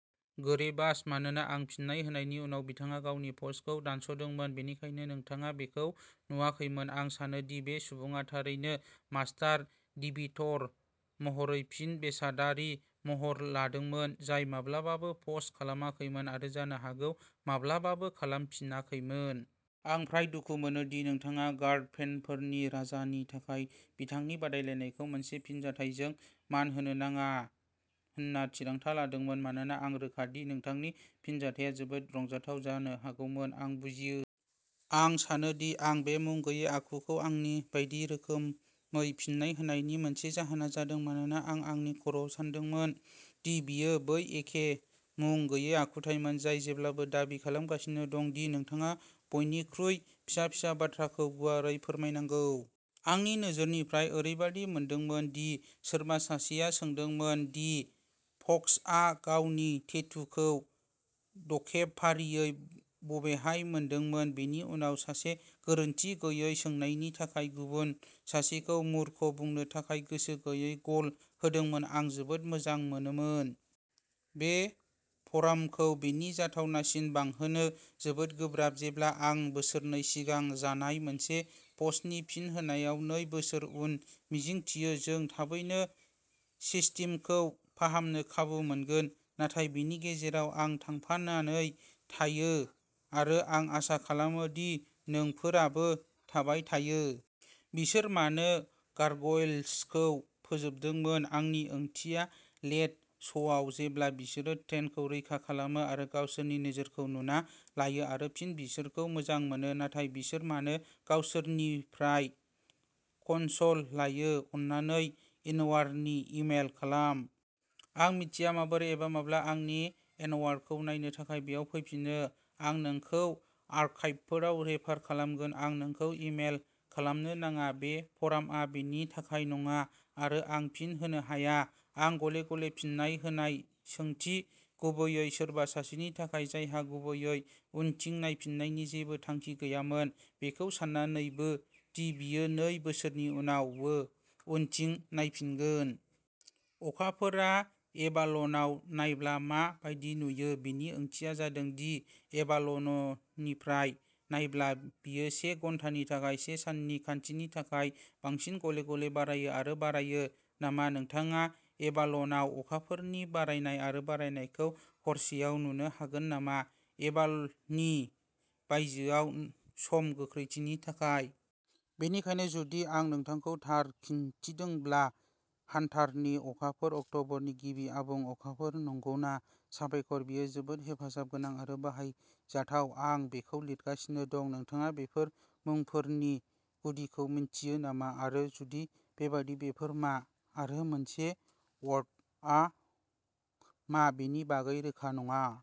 गोरेबाश, मानोना आं फिननाय होनायनि उनाव बिथाङा गावनि पस्टखौ दानस'दोंमोन। बेनिखायनो नोंथाङा बेखौ नुवाखैमोन। आं सानो दि बे सुबुङा थाबैनो मास्टार डिबेट'र महरै फिन बेसादारि महर लादोंमोन, जाय माब्लाबाबो पस्ट खालामाखैमोन आरो जानो हागौ माब्लाबाबो खालामफिनाखैमोन। आं फ्राय दुखु मोनो दि नोंथाङा गार्ग फेनफोरनि राजा नि थाखाय बिथांनि बादायलायनायखौ मोनसे फिनजाथायजों मान होनो नाङा होनना थिरांथा लादोंमोन, मानोना आं रोखा दि नोंथांनि फिनजाथाया जोबोद रंजाथाव जानो हागौमोन। आं बुजियो। आं सानो दि आं बे मुं गैयै आखुखौ आंनि बायदि रोखोमै फिननाय होनायनि मोनसे जाहोना जादों मानोना आं आंनि खर'आव सानदोंमोन दि बेयो बै एखे मुं गैयै आखुथाइमोन जाय जेब्लाबो दाबि खालामगासिनो दं दि नोंथाङा बयनिख्रुइ फिसा फिसा बाथ्राखौ गुवारै फोरमायनांगौ। आंनि नोजोरनिफ्राय, ओरैबायदि मोनदोंमोन दि सोरबा सासेया सोंदोंमोन दि फक्सआ गावनि टेटुखौ द'खेब फारियै बबेहाय मोनदोंमोन, बेनि उनाव सासे गोरोनथि गैयै सोंनायनि थाखाय गुबुन सासेखौ मूर्ख बुंनो थाखाय गोसो गैयै गल होदोंमोन। आं जोबोद मोजां मोनोमोन। बे फ'रामखौ बेनि जाथावनासिम बांहोनो जोबोद गोब्राब, जेब्ला आं बोसोरनै सिगां जानाय मोनसे पस्टनि फिन होनायाव नै बोसोर उन। मिजिंथियो, जों थाबैनो सिस्टेमखौ फाहामनो खाबु मोनगोन। नाथाय बेनि गेजेराव, आं थांफानानै थायो आरो आं आसा खालामो दि नोंफोराबो थाबाय थायो। बिसोर मानो गारग'यल्सखौ फोजोबदोंमोन? आंनि ओंथिया, लेट श'आव, जेब्ला बिसोरो ट्रेनखौ रैखा खालामो आरो गावसोरनि नोजोरखौ नुना लायो आरो फिन बिसोरखौ मोजां मोनो। नाथाय बिसोर मानो गावसोरनिनिफ्राय कनसन लायो? अन्नानै एनवारनि इ मेइल खालाम। आं मिथिया माबोरै एबा माब्ला आंनि एनवारखौ नायनो थाखाय बेयाव फैफिनो। आं नोंखौ आर्काइभफोराव रेफार खालामगोन। आं नोंखौ इ मेइल खालामनो नाङा। बे फ'रामआ बेनि थाखाय नङा आरो आं फिन होनो हाया। आं गले-गले फिननाय होनाय सोंथि, गुबैयै सोरबा सासेनि थाखाय जायहा गुबैयै उनथिं नायफिन्नायनि जेबो थांखि गैयामोन, बेखौ सान्नानैबो दि बियो नै बोसोरनि उनावबो उनथिं नायफिगोन। अखाफोरआ एभाल'नाव नायब्ला मा बायदि नुयो? बिनि ओंथिया जादों दि एभाल'ननिफ्राय नायब्ला बेयो से घन्टानि थाखाय से साननि खान्थिनि थाखाय बांसिन गले-गले बारायो आरो बारायो नामा? नोंथाङा एभाल'नाव अखाफोरनि बारायनाय आरो बारायनायखौ हरसेआव नुनो हागोन नामा, एभाल'ननि बायजोआव सम गोख्रैथिनि थाखाय? बेनिखायनो, जुदि आं नोंथांखौ थारै खिन्थिदोंब्ला हान्टारनि अखाफोर अक्ट'बरनि गिबि आबुं अखाफोर। नंगौना? साबायखर। बेयो जोबोद हेफाजाब गोनां आरो बाहायजाथाव। आं बेखौ लिरगासिनो दं। नोंथाङा बेफोर मुंफोरनि गुदिखौ मिन्थियो नामा? आरो जुदि बेबादि, बेफोर मा? आरो मोनसे वर्टआ मा? बेनि बागै रोखा नङा।